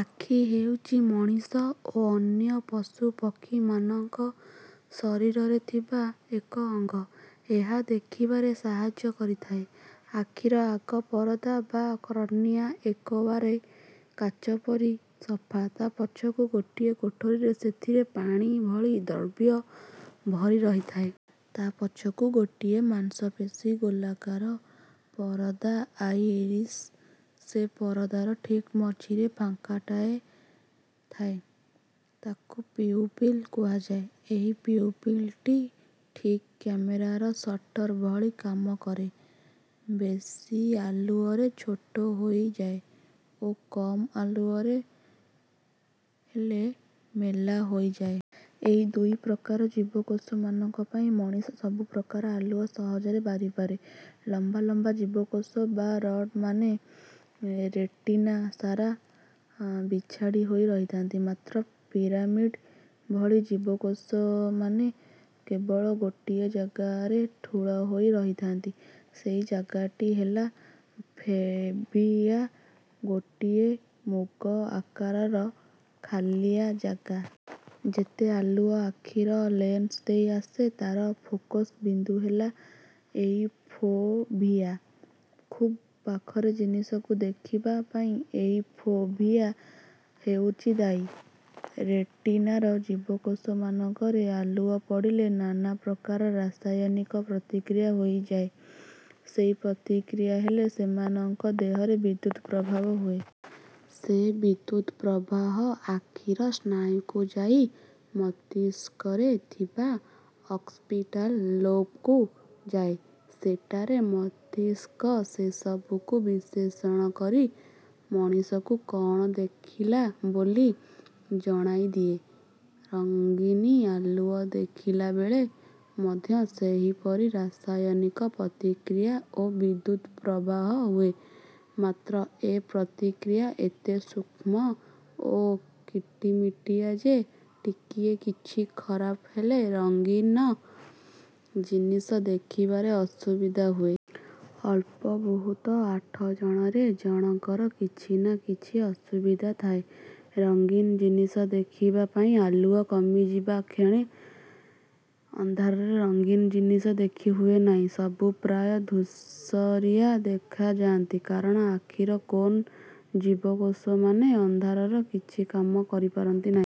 ଆଖି ହେଉଚି ମଣିଷ ଓ ଅନ୍ୟ ପଶୁପକ୍ଷୀମାନଙ୍କ ଶରୀରରେ ଥିବା ଏକ ଅଙ୍ଗ। ଏହା ଦେଖିବାରେ ସାହାଯ୍ୟ କରିଥାଏ। ଆଖିର ଆଗ ପରଦା ବା କର୍ନିଆ ଏକେବାରେ କାଚ ପରି ସଫା। ତା' ପଛକୁ ଗୋଟାଏ କୋଠରୀ। ସେଥିରେ ପାଣି ଭଳି ଦ୍ରବ୍ୟ ଭରି ରହିଥାଏ। ତା' ପଛକୁ ଗୋଟିଏ ମାଂସପେଶୀର ଗୋଲାକାର ପରଦା ଆଇଏରିସ୍। ସେ ପରଦାର ଠିକ୍ ମଝିରେ ଫାଙ୍କଟାଏ ଥାଏ। ତାକୁ ପିଉପିଲ୍ କୁହାଯାଏ। ଏହି ପିଉପିଲ୍‌ଟି ଠିକ୍ କ୍ୟାମେରାର ସଟର୍ ଭଳି କାମ କରେ। ବେଶି ଆଲୁଅରେ ଛୋଟ ହୋଇଯାଏ ଓ କମ୍ ଆଲୁଅ ହେଲେ ମେଲା ହୋଇଯାଏ। ଏଇ ଦୁଇ ପ୍ରକାର ଜୀବକୋଷମାନଙ୍କ ପାଇଁ ମଣିଷ ସବୁ ପ୍ରକାରର ଆଲୁଅ ସହଜରେ ବାରିପାରେ। ଲମ୍ବା ଲମ୍ବା ଜୀବକୋଷ ବା ରଡ୍‌ମାନେ ରେଟିନା ସାରା ବିଛାଡ଼ିହୋଇ ରହିଥାନ୍ତି। ମାତ୍ର ପିରାମିଡ୍ ଭଳି ଜୀବକୋଷମାନେ କେବଳ ଗୋଟିଏ ଜାଗାରେ ଠୁଳ ହୋଇ ରହିଥାନ୍ତି। ସେଇ ଜାଗାଟି ହେଲା ଫେଭିଆ ଗୋଟାଏ ମୁଗ ଆକାରର ଖାଲିଆ ଜାଗା। ଯେତେ ଆଲୁଅ ଆଖିର ଲେନ୍ସ ଦେଇ ଆସେ, ତା'ର ଫୋକସ୍ ବିନ୍ଦୁ ହେଲା ଏଇ ଫୋଭିଆ। ଖୁବ୍ ପାଖ ଜିନିଷକୁ ଦେଖିବା ପାଇଁ ଏଇ ଫୋଭିଆ ହେଉଚି ଦାୟୀ। ରେଟିନାର ଜୀବକୋଷମାନଙ୍କରେ ଆଲୁଅ ପଡ଼ିଲେ ନାନା ପ୍ରକାର ରାସାୟନିକ ପ୍ରତିକ୍ରିୟା ହୋଇଯାଏ। ସେଇ ପ୍ରତିକ୍ରିୟା ହେଲେ ସେମାନଙ୍କ ଦେହରେ ବିଦ୍ୟୁତ୍ ପ୍ରବାହ ହୁଏ। ସେ ବିଦ୍ୟୁତ୍ ପ୍ରବାହ ଆଖିର ସ୍ନାୟୁକୁ ଯାଇ ମସ୍ତିଷ୍କରେ ଥିବା ଅକ୍ସିପିଟାଲ୍ ଲୋବ୍‌କୁ ଯାଏ। ସେଠାରେ ମସ୍ତିଷ୍କ ସେବୁକୁ ବିଶେଷଣ କରି ମଣିଷକୁ କ'ଣ ଦେଖିଲା ବୋଲି ଜଣାଇଦିଏ। ରଙ୍ଗୀନ ଆଲୁଅ ଦେଖିଲା ବେଳେ ମଧ୍ୟ ସେହିପରି ରାସାୟନିକ ପ୍ରତିକ୍ରିୟା ଓ ବିଦ୍ୟୁତ୍ ପ୍ରବାହ ହୁଏ। ମାତ୍ର ଏ ପ୍ରତିକ୍ରିୟା ଏତେ ସୂକ୍ଷ୍ମ ଓ କିଟିମିଟିଆ ଯେ, ଟିକିଏ କିଛି ଖରାପ ହେଲେ ରଙ୍ଗୀନ ଜିନିଷ ଦେଖିବାରେ ଅସୁବିଧା ହୁଏ। ଅଳ୍ପ ବୋହୁତ ଆଠ ଜଣକରେ ଜଣଙ୍କର କିଛି ନା କିଛି ଅସୁବିଧା ଥାଏ ରଙ୍ଗୀନ ଜିନିଷ ଦେଖିବା ପାଇଁ। ଆଲୁଅ କମିଯିବା କ୍ଷଣି ଅନ୍ଧାରରେ ରଙ୍ଗୀନ ଜିନିଷ ଦେଖିହୁଏ ନାହିଁ। ସବୁ ପ୍ରାୟ ଧୂସରିଆ ଦେଖାଯାଆନ୍ତି; କାରଣ ଆଖିର କୋନ୍ ଜୀବକୋଷମାନେ ଅନ୍ଧାରରେ କିଛି କାମ କରିପାରନ୍ତି ନାହିଁ।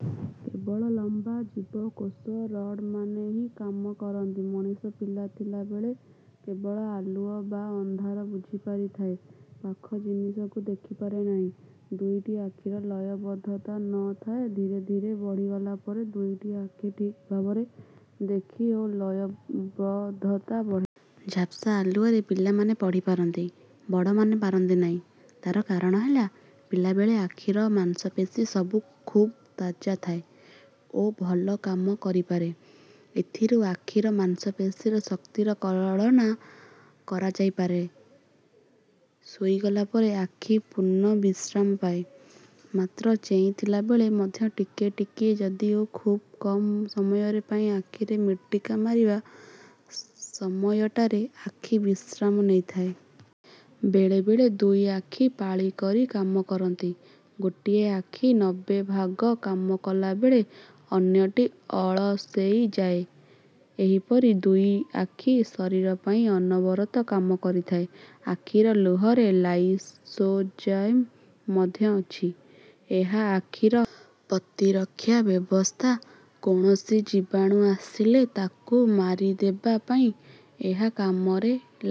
କେବଳ ଲମ୍ବା ଜୀବକୋଷ ରଡ୍‌ମାନେ ହିଁ କାମ କରନ୍ତି। ମଣିଷ ପିଲା ଥିଲା ବେଳେ କେବଳ ଆଲୁଅ ବା ଅନ୍ଧାର ବୁଝିପାରିଥାଏ। ପାଖ ଜିନିଷକୁ ଦେଖିପାରେନା। ଦୁଇଟି ଆଖିର ଲୟବଦ୍ଧତା ନ ଥାଏ। ଧୀରେ ଧୀରେ ବଢ଼ିଗଲା ପରେ ଦୁଇଟି ଆଖି ଠିକ୍ ଭାବରେ ଦେଖେ ଓ ଲୟବଦ୍ଧତା ବଢ଼େ। ଝାପ୍ସା ଆଲୁଅରେ ପିଲାମାନେ ପଢ଼ିପାରନ୍ତି, ବଡ଼ମାନେ ପାରନ୍ତି ନାହିଁ। ତା'ର କାରଣ ହେଲା, ପିଲାବେଳେ ଆଖିର ମାଂସପେଶୀ ସବୁ ଖୁବ୍ ତାଜା ଥାଏ ଓ ଭଲ କାମ କରିପାରେ। ଏଥିରୁ ଆଖିର ମାଂସପେଶୀର ଶକ୍ତିର କଳନା କରାଯାଇପାରେ। ଶୋଇଗଲା ପରେ ଆଖି ପୂର୍ଣ୍ଣ ବିଶ୍ରାମ ପାଏ। ମାତ୍ର ଚେଇଁଥିଲା ବେଳେ ମଧ୍ୟ ଟିକିଏ ଟିକିଏ ଯଦିଓ ଖୁବ୍ କମ୍ ସମୟ ପାଇଁ ଆଖି ମିଟିକା ମାରିବା ସମୟଟାରେ ଆଖି ବିଶ୍ରାମ ନେଇଥାଏ। ବେଳେବେଳେ ଦୁଇ ଆଖି ପାଳି କରି କାମ କରନ୍ତି। ଗୋଟିଏ ଆଖି ନବେ ଭାଗ କାମ କଲା ବେଳେ ଅନ୍ୟଟି ଅଳସେଇ ଯାଏ। ଏହିପରି ଦୁଇ ଆଖି ଶରୀର ପାଇଁ ଅନବରତ କାମ କରିଥାଏ। ଆଖିର ଲୁହରେ ଲାଇସୋଜାଇମ୍ ମଧ୍ୟ ଅଛି, ଏହା ଆଖିର ପ୍ରତିରକ୍ଷା ବ୍ୟବସ୍ଥା। କୌଣସି ଜୀବାଣୁ ଆସିଲେ ତାକୁ ମାରିଦେବା ପାଇଁ ଏହା କାମରେ ଲା।